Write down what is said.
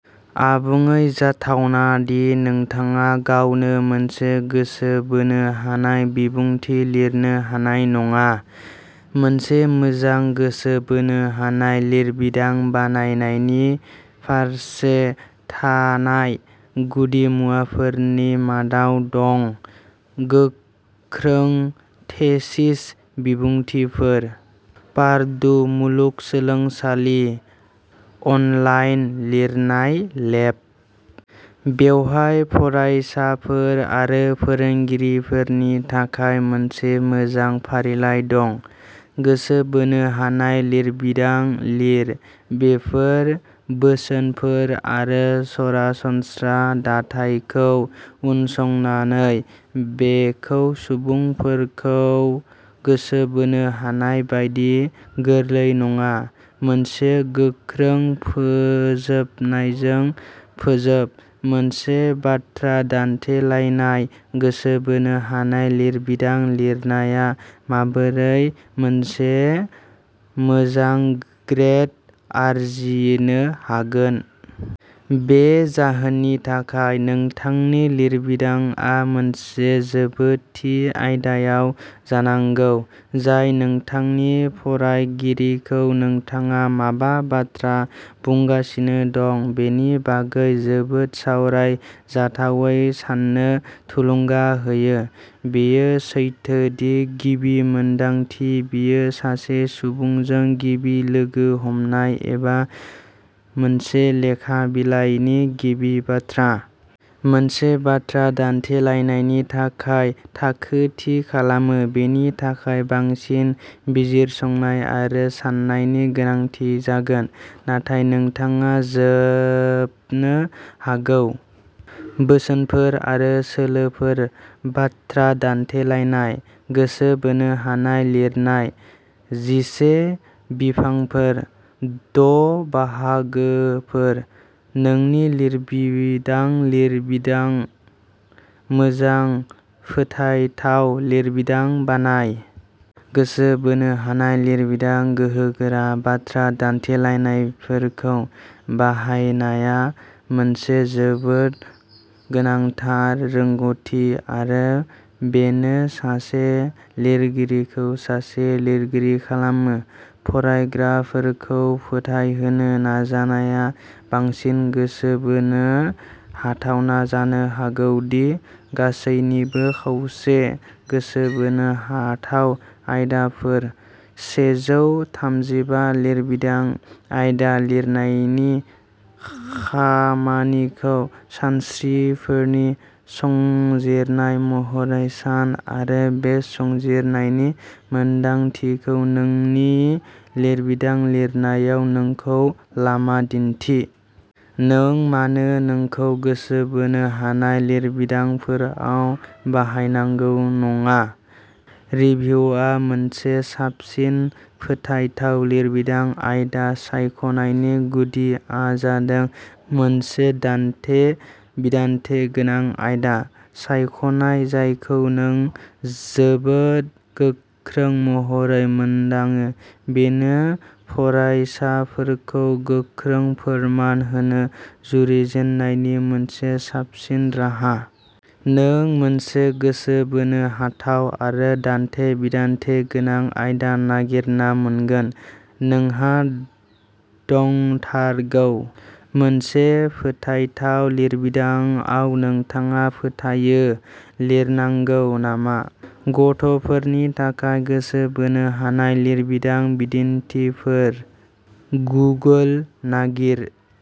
आबुङै जाथावना दि नोंथाङा गावनो मोनसे गोसो बोनो हानाय बिबुंथि लिरनो हानाय नङा। मोनसे मोजां गोसो बोनो हानाय लिरबिदां बानायनायनि फारसे थानाय गुदिमुवाफोरनि मादाव दङ। गोख्रों थेसिस बिबुंथिफोर पार्डु मुलुगसोलोंसालि अनलाइन लिरनाय लेब। बेवहाय फरायसाफोर आरो फोरोंगिरिफोरनि थाखाय मोनसे मोजां फारिलाइ दं। गोसो बोनो हानाय लिरबिदां लिर बेफोर बोसोनफोर आरो सरासनस्रा दाथायखौ उनसंनानै बेखौ सुबुंफोरखौ गोसो बोनो हानाय बादि गोरलै नङा। मोनसे गोख्रों फोजोबनायजों फोजोब। मोनसे बाथ्रा दान्थेलायनाय गोसो बोनो हानाय लिरबिदां लिरनाया माबोरै मोनसे मोजां ग्रेड आरजिनो हागोन। बे जाहोननि थाखाय नोंथांनि लिरबिदांआ मोनसे जोबोद थि आयदायाव जानांगौ जाय नोंथांनि फरायगिरिखौ नोंथाङा मा बाथ्रा बुंगासिनो दं बेनि बागै जोबोद सावरायजाथावै साननो थुलुंगा होयो। बेयो सैथो दि गिबि मोनदांथि बेयो सासे सुबुंजों गिबि लोगो हमनाय एबा मोनसे लेखा बिलाइनि गिबि बाथ्रा। मोनसे बाथ्रा दान्थेलायनायनि थाखाय थाखो थि खालामो। बेनि थाखाय बांसिन बिजिरसंनाय आरो साननायनि गोनांथि जागोन। नाथाय नोंथाङा जोबनो हागौ। बोसोनफोर आरो सोलोफोर बाथ्रा दान्थेलायनाय। गोसो बोनो हानाय लिरनाय जिसे बिफांफोर। द' बाहागोफोर नोंनि लिरबिदां लिरबिदां मोजां फोथायथाव लिरबिदां बानाय। गोसो बोनो हानाय लिरबिदां गोहोगोरा बाथ्रा दान्थेलायनायफोरखौ बाहायनाया मोनसे जोबोद गोनांथार रोंग'थि आरो बेनो सासे लिरगिरिखौ सासे लिरगिरि खालामो। फरायग्राफोरखौ फोथायहोनो नाजानाया बांसिन गोसो बोनो हाथावना जानो हागौ दि गासैनिबो खावसे। गोसो बोनो हाथाव आयदाफोर सेजौ थामजिबा लिरबिदां आयदा लिरनायनि खामानिखौ सानस्रिफोरनि संजिरनाय महरै सान आरो बे संजिरनायनि मोनदांथिखौ नोंनि लिरबिदां लिरनायाव नोंखौ लामा दिन्थि। नों मानो नोंखौ गोसो बोनो हानाय लिरबिदांफोराव बाहायनांगौ नङा। रिभिउआ मोनसे साबसिन फोथायथाव लिरबिदां आयदा सायख'नायनि गुदिआ जादों मोनसे दान्थे-बिदान्थे गोनां आयदा सायख'नाय जायखौ नों जोबोद गोख्रों महरै मोनदाङो। बेयो फरायसाफोरखौ गोख्रों फोरमान होनो जुरिजेननायनि मोनसे साबसिन राहा। नों मोनसे गोसो बोनो हाथाव आरो दान्थे-बिदान्थे गोनां आयदा नागिरना मोनगोन। नोंहा दंथारगौ। मोनसे फोथायथाव लिरबिदांआव नोंथाङा फोथायो लिरनांगौ नामा? गथ'फोरनि थाखाय गोसो बोनो हानाय लिरबिदां बिदिन्थिफोर-गुगोल नागिर।